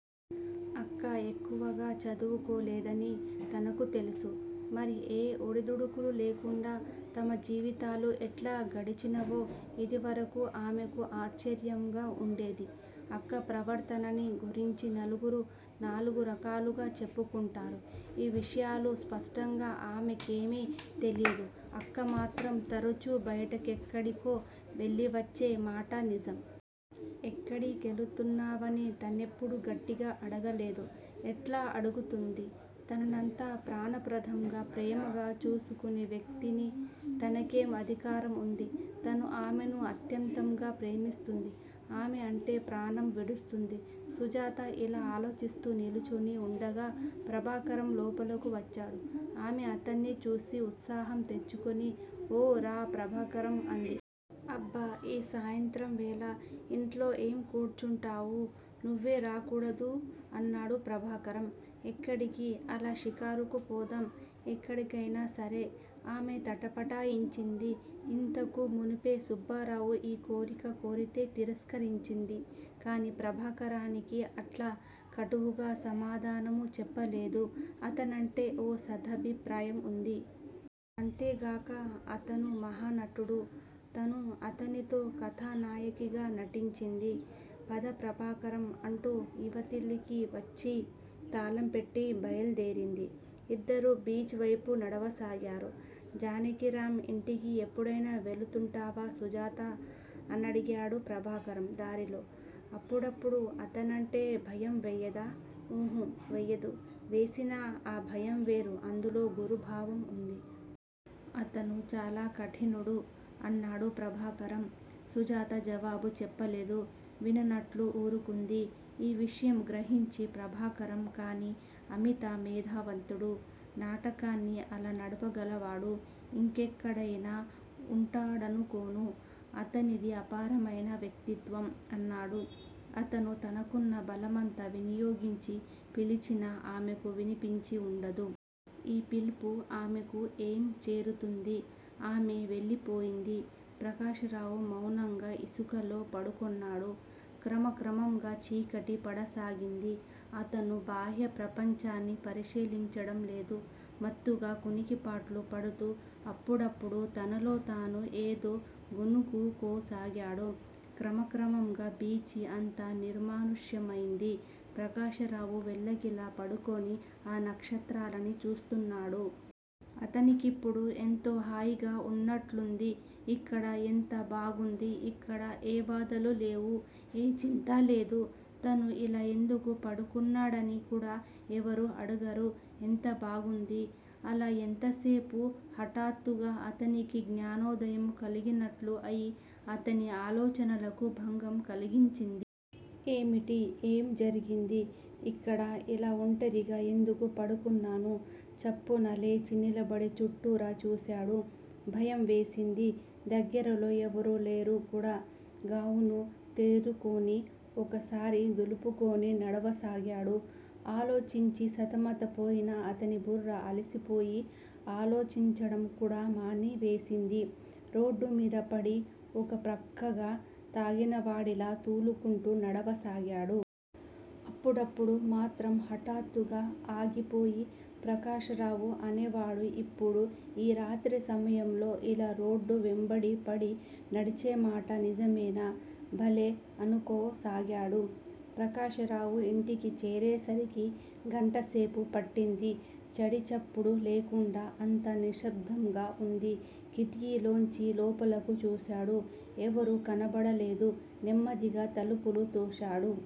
అక్క ఎక్కువగా చదువుకోలేదని తనకు తెలుసు. మరి ఏ ఒడిదుడుకులూ లేకుండా తమ జీవితాలు ఎట్లా గడిచినవో యిదివరకు ఆమెకు ఆశ్చర్యంగా వుండేది. అక్క ప్రవర్తనని గురించి నలుగురూ నాలుగురకాలుగా చెప్పుకుంటారు. ఈ విషయాలు స్పష్టంగా ఆమెకేమీ తెలియదు. అక్కమాత్రం తరచూ బయటెక్కడికో వెళ్ళివచ్చే మాట నిజం. ఎక్కడికెళుతున్నావని తనెప్పుడూ గట్టిగా అడగలేదు. ఎట్లా అడుగుతుంది? తననంత ప్రాణప్రదంగా, ప్రేమగా చూసుకునే వ్యక్తిని, తనకేం అధికారం వుంది? తను ఆమెను అత్యంతంగా ప్రేమిస్తుంది. ఆమె అంటే ప్రాణం విడుస్తుంది. సుజాత ఇలా ఆలోచిస్తూ నిలుచుని వుండగా ప్రభాకరం లోపలకు వచ్చాడు. ఆమె అతన్ని చూసి ఉత్సాహం తెచ్చుకుని, 'ఓ, రా ప్రభాకరం' అంది. అబ్బ! ఈ సాయంత్రంవేళ యింట్లో ఏం కూర్చుంటావు? నువ్వే రాకూడదూ? అన్నాడు ప్రభాకరం. ఎక్కడికి? అలా షికారుకు పోదాం. ఎక్కడకైనా సరే. ఆమె తటపాటాయించింది. ఇంతకుమునుపే సుబ్బారావు ఈ కోరిక కోరితే తిరస్కరించింది. కానీ ప్రభాకరానికి అట్లా కటువుగా సమాధానం చెప్పలేదు. అతనంటే ఓ సదభిప్రాయం వుంది. అంతేగాక అతను మహానటుడు. తను అతనితో కధానాయకిగా నటించింది. పద ప్రభాకరం అంటూ ఇవతలికి వచ్చి, తాళంపెట్టి బయల్దేరింది. ఇద్దరూ బీచ్ వైపు నడవసాగారు. జానకిరాం ఇంటికి ఎపుడైనా వెడుతుంటావా సుజాతా? అనడిగాడు ప్రభాకరం దారిలో. అప్పుడప్పుడూ. అతనంటే భయం వేయదా? ఉహూ, వెయ్యదు. వేసినా ఆ భయంవేరు అందులో గురుభావం వుంది. అతను చాలా కఠినుడు అన్నాడు ప్రభాకరం. సుజాత జవాబు చెప్పలేదు. విననట్లు ఊరుకుంది. ఈ విషయం గ్రహించి ప్రభాకరం కానీ అమిత మేధావంతుడు. నాటకాన్ని అలా నడపగలవాడు యింకెక్కడైనా వుంటాడనుకోను. అతనిది అపారమైన వ్యక్తిత్వం. అన్నాడు. అతను తనకున్న బలమంతా వినియోగించి పిలిచినా ఆమెకు వినిపించి వుండదు. యీ పిలుపు ఆమెకు ఏం చేరుతుంది? ఆమె వెళ్ళిపోయింది. ప్రకాశరావు మౌనంగా ఇసుకలో పడుకొన్నాడు. క్రమక్రమంగా చీకటి పడసాగింది. అతను బాహ్య ప్రపంచాన్ని పరిశీలించటం లేదు. మత్తుగా కునికిపాట్లు పడుతూ అప్పుడప్పుడూ తనలోతాను ఏదో గొణుగుకోసాగాడు. క్రమక్రమంగా బీచి అంతా నిర్మానుష్యంమైంది. ప్రకాశరావు వెల్లకిలా పడుకొని ఆ నక్షత్రాలని చూస్తున్నాడు. అతనికిప్పుడు ఎంతో హాయిగా వున్నట్లుంది. ఇక్కడ యెంత బాగుంది? ఇక్కడ ఏ బాధలూ లేవు. ఏ చింతా లేదు. తను ఇలా యెందుకు పడుకున్నాడని కూడా ఎవరూ అడగరు. ఎంత బాగుంది? అలా యెంతసేపు? హఠాత్తుగా అతనికి జ్ఞానోదయం కలిగినట్లు అయి అతని ఆలోచనలకు భంగం కలిగించింది. ఏమిటి? ఏం జరిగింది? ఇక్కడ ఇలా ఒంటరిగా యెందుకు పడుకున్నాను. చప్పున లేచి నిలబడి చుట్టూరా చూశాడు. భయం వేసింది. దగ్గరలో ఎవరూ లేరుకూడా గావును. తేరుకుని ఒకసారి దులుపుకొని నడవసాగాడు. ఆలోచించి సతమతపోయిన అతని బుర్ర అలసిపోయి ఆలోచించటం కూడా మానివేసింది. రోడ్డుమీదపడి ఒక ప్రక్కగా తాగినవాడిలా తూలుకుంటూ నడవసాగాడు. అప్పుడప్పుడూ మాత్రం హఠాత్తుగా ఆగిపోయి ప్రకాశరావు అనేవాడు యిప్పుడు ఈ రాత్రి సమయంలో ఇలా రోడ్డు వెంబడిపడి నడిచేమాట నిజమేనా? భలే అనుకోసాగాడు. ప్రకాశరావు ఇంటికి చేరేసరికి గంటసేపు పట్టింది. చడీచప్పుడూ లేకుండా అంతా నిశ్శబ్దంగా వుంది. కిటికీలోంచి లోపలకు చూశాడు. ఎవరూ కనబడలేదు. నెమ్మదిగా తలుపులు తోశాడు.